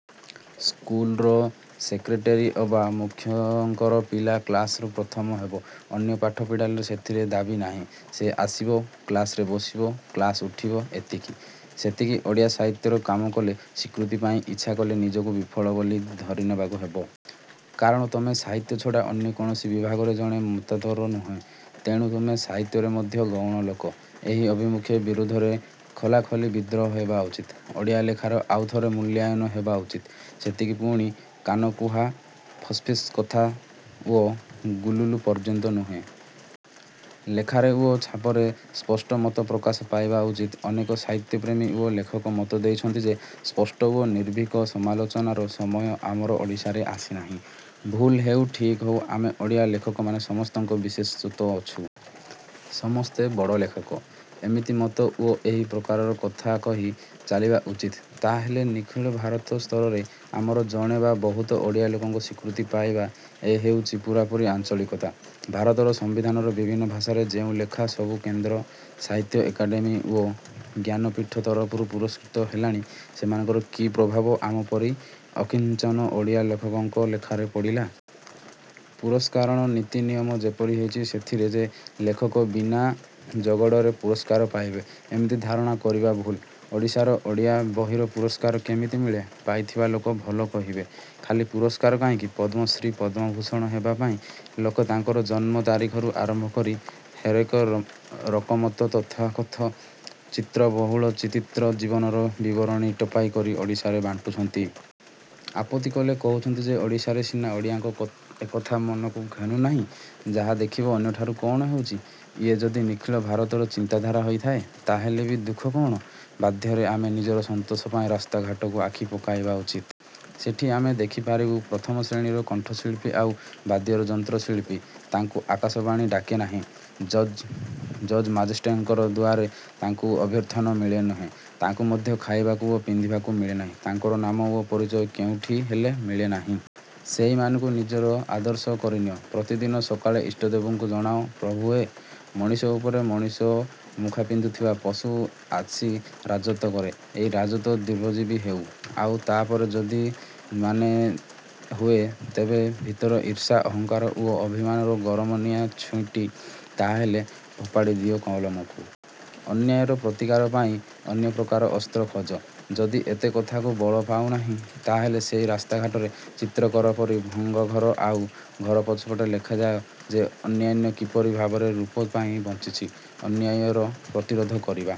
ସ୍କୁଲର ସେକ୍ରେଟାରୀ ଅବା ମୁଖ୍ୟଙ୍କର ପିଲା କ୍ଲାସରେ ପ୍ରଥମ ହେବ। ଅନ୍ୟ ପଢ଼ା ପିଲାର ସେଥିରେ ଦାବୀ ନାହିଁ। ସେ ଆସିବ–କ୍ଲାସରେ ବସିବ କ୍ଲାସ ଉଠିବ–ଏତିକି। ସେମିତି ଓଡ଼ିଆ ସାହିତ୍ୟରେ କାମ କଲେ ସ୍ୱୀକୃତି ପାଇଁ ଇଚ୍ଛା କଲେ ନିଜକୁ ବିଫଳ ବୋଲି ଧରିନେବାକୁ ହେବ। କାରଣ ତମେ ସାହିତ୍ୟ ଛଡ଼ା ଅନ୍ୟ କୌଣସି ବିଭାଗରେ ଜଣେ ମାତବର ନୁହଁ। ତେଣୁ ତମେ ସାହିତ୍ୟରେ ମଧ୍ୟ ଗୌଣ ଲୋକ। ଏହି ଆଭିମୁଖ୍ୟ ବିରୁଦ୍ଧରେ ଖୋଲାଖୋଲି ବିଦ୍ରୋହ ହେବା ଉଚିତ୍। ଓଡ଼ିଆ ଲେଖାର ଆଉ ଥରେ ମୂଲ୍ୟାୟନ ହେବା ଉଚିତ୍। ସେତକ ପୁଣି କାନକୁହା ଫିସ୍ଫିସ୍ କଥା ଓ ଚୁଗୁଲି ପର୍ଯ୍ୟାୟରେ ନୁହେଁ। ଲେଖାରେ ଓ ଛପାରେ ସ୍ପଷ୍ଟ ମତ ପ୍ରକାଶ ପାଇବା ଉଚିତ୍। ଅନେକ ସାହିତ୍ୟପ୍ରେମୀ ଓ ଲେଖକ ମତ ଦେଉଛନ୍ତି ଯେ ସ୍ପଷ୍ଟ ଓ ନିର୍ଭୀକ ସମାଲୋଚନାର ସମୟ ଆମର ଓଡ଼ିଶାରେ ଆସି ନାହିଁ। ଭୁଲ୍ ହେଉ ଠିକ୍ ହେଉ ଆମେ ଓଡ଼ିଆ ଲେଖକମାନେ ସମସ୍ତଙ୍କର ବିଶେଷତ୍ୱ ଅଛି। ସମସ୍ତେ ବଡ଼ ଲେଖକ–ଏମିତି ମତ ଓ ଏହି ପ୍ରକାରର କଥା କହି ଚାଲିବା ଉଚିତ୍। ତାହାହେଲେ ନିଖିଳ ଭାରତ ସ୍ତରରେ ଆମର ଜଣେ ବା ବହୁତ ଓଡ଼ିଆ ଲେଖକ ସ୍ୱୀକୃତି ପାଇବେ। ଇଏ ହେଉଛି ପୂରାପୂରି ଆଞ୍ଚଳିକତା। ଭାରତର ସମ୍ୱିଧାନର ବିଭିନ୍ନ ଭାଷାରେ ଯେଉଁ ଲେଖା ସବୁ କେନ୍ଦ୍ର ସାହିତ୍ୟ ଏକାଡେମି ବା ଜ୍ଞାନପୀଠ ତରଫରୁ ପୁରସ୍କୃତ ହେଲାଣି ସେମାନଙ୍କର କି ପ୍ରଭାବ ଆମପରି ଅକିଞ୍ଚନ ଓଡ଼ିଆ ଲେଖକଙ୍କର ଲେଖାରେ ପଡ଼ିଲା? ପୁରସ୍କାରର ନୀତି ନିୟମ ଯେପରି ହୋଇଛି ସେଥିରେ ଯେ ଲେଖକ ବିନା ଯୋଗାଡ଼ରେ ପୁରସ୍କାର ପାଇବ–ଏମିତି ଧାରଣା କରିବା ଭୁଲ୍। ଓଡ଼ିଶାରେ ଓଡ଼ିଆ ବହିର ପୁରସ୍କାର କେମିତି ମିଳେ–ପାଉଥିବା ଲୋକ ଭଲ କହିବେ। ଖାଲି ପୁରସ୍କାର କାହିଁକି ପଦ୍ମଶ୍ରୀ ପଦ୍ମଭୂଷଣ ହେବା ପାଇଁ ଲୋକ ତାଙ୍କର ଜନ୍ମ ତାରିଖରୁ ଆରମ୍ଭ କରି ହରେକ ରକମର ତଥାକଥିତ ଚିତ୍ରବହୁଳ ବିଚିତ୍ର ଜୀବନର ବିବରଣୀ ଟାଇପ କରି ଓଡ଼ିଶାରେ ବାଣ୍ଟୁଛନ୍ତି। ଆପତ୍ତି କଲେ କହୁଛନ୍ତି ଯେ ଓଡ଼ିଶାରେ ସିନା ଓଡ଼ିଆଙ୍କୁ ଏକଥା ମନକୁ ଘେନୁ ନାହିଁ। ଯାଅ ଦେଖିବ ଅନ୍ୟଠାରେ କ'ଣ ହେଉଛି? ଇଏ ଯଦି ନିଖିଳ ଭାରତର ଚିନ୍ତାଧାରା ହୋଇଥାଏ ତାହାହେଲେ ବି ଦୁଃଖ କ'ଣ? ବାଧ୍ୟରେ ଆମେ ନିଜର ସନ୍ତୋଷ ପାଇଁ ରାସ୍ତାଘାଟକୁ ଆଖି ପକାଇବା ଉଚିତ୍। ସେଠି ଆମେ ଦେଖି ପାରିବୁ ପ୍ରଥମ ଶ୍ରେଣୀର କଣ୍ଠଶିଳ୍ପୀ ଆଉ ବାଦ୍ୟର ଯନ୍ତ୍ର–ଶିଳ୍ପୀ। ତାଙ୍କୁ ଆକାଶବାଣୀ ଡାକେ ନାହିଁ। ଜଜ୍ ମେଜେଷ୍ଟରଙ୍କର ଦୁଆରେ ତାଙ୍କୁ ଅଭ୍ୟର୍ଥନା ମିଳେ ନାହିଁ। ତାକୁ ମଧ୍ୟ ଖାଇବାକୁ ଓ ପିନ୍ଧିବାକୁ ମିଳେ ନାହିଁ। ତାଙ୍କର ନାମ ଓ ପରିଚୟ କେଉଁଠି ହେଲେ ମିଳେ ନାହିଁ। ସେହିମାନଙ୍କୁ ନିଜର ଆଦର୍ଶ କରି ନିଅ। ପ୍ରତିଦିନ ସକାଳେ ଇଷ୍ଟଦେବଙ୍କୁ ଜଣାଅ–ପ୍ରଭୁ ହେ! ମଣିଷ ଉପରେ ମଣିଷ ମୁଖା ପିନ୍ଧିଥିବା ପଶୁ ଆସି ରାଜତ୍ୱ କରେ। ଏଇ ରାଜତ୍ୱ ଦୀର୍ଘଜୀବୀ ହେଉ। ଆଉ ତା'ପରେ ଯଦି ମନେ ହୁଏ ଯେ ଭିତରେ ଈର୍ଷା, ଅହଙ୍କାର ଓ ଅଭିମାନର ଗରମ ନିଆଁ ଛୁଟୁଛି ତାହାହେଲେ ଫୋପାଡ଼ି ଦିଅ କଲମକୁ। ଅନ୍ୟାୟର ପ୍ରତିକାର ପାଇଁ ଅନ୍ୟପ୍ରକାରର ଅସ୍ତ୍ର ଖୋଜ। ଯଦି ଏତେ କଥାକୁ ବଳପାଉ ନାହିଁ ତାହାହେଲେ ସେହି ରାସ୍ତାଘାଟର ଚିତ୍ରକର ପରି ଭଙ୍ଗା ଘର ଆଉ ଘର ପାଚେରିରେ ଲେଖି ଯାଅ ଯେ ଅନ୍ୟାୟ କିପରି ଭାବରେ ରୂପ ପାଇ ବଞ୍ଚିଛି-। ଅନ୍ୟାୟର ପ୍ରତିରୋଧ କରିବା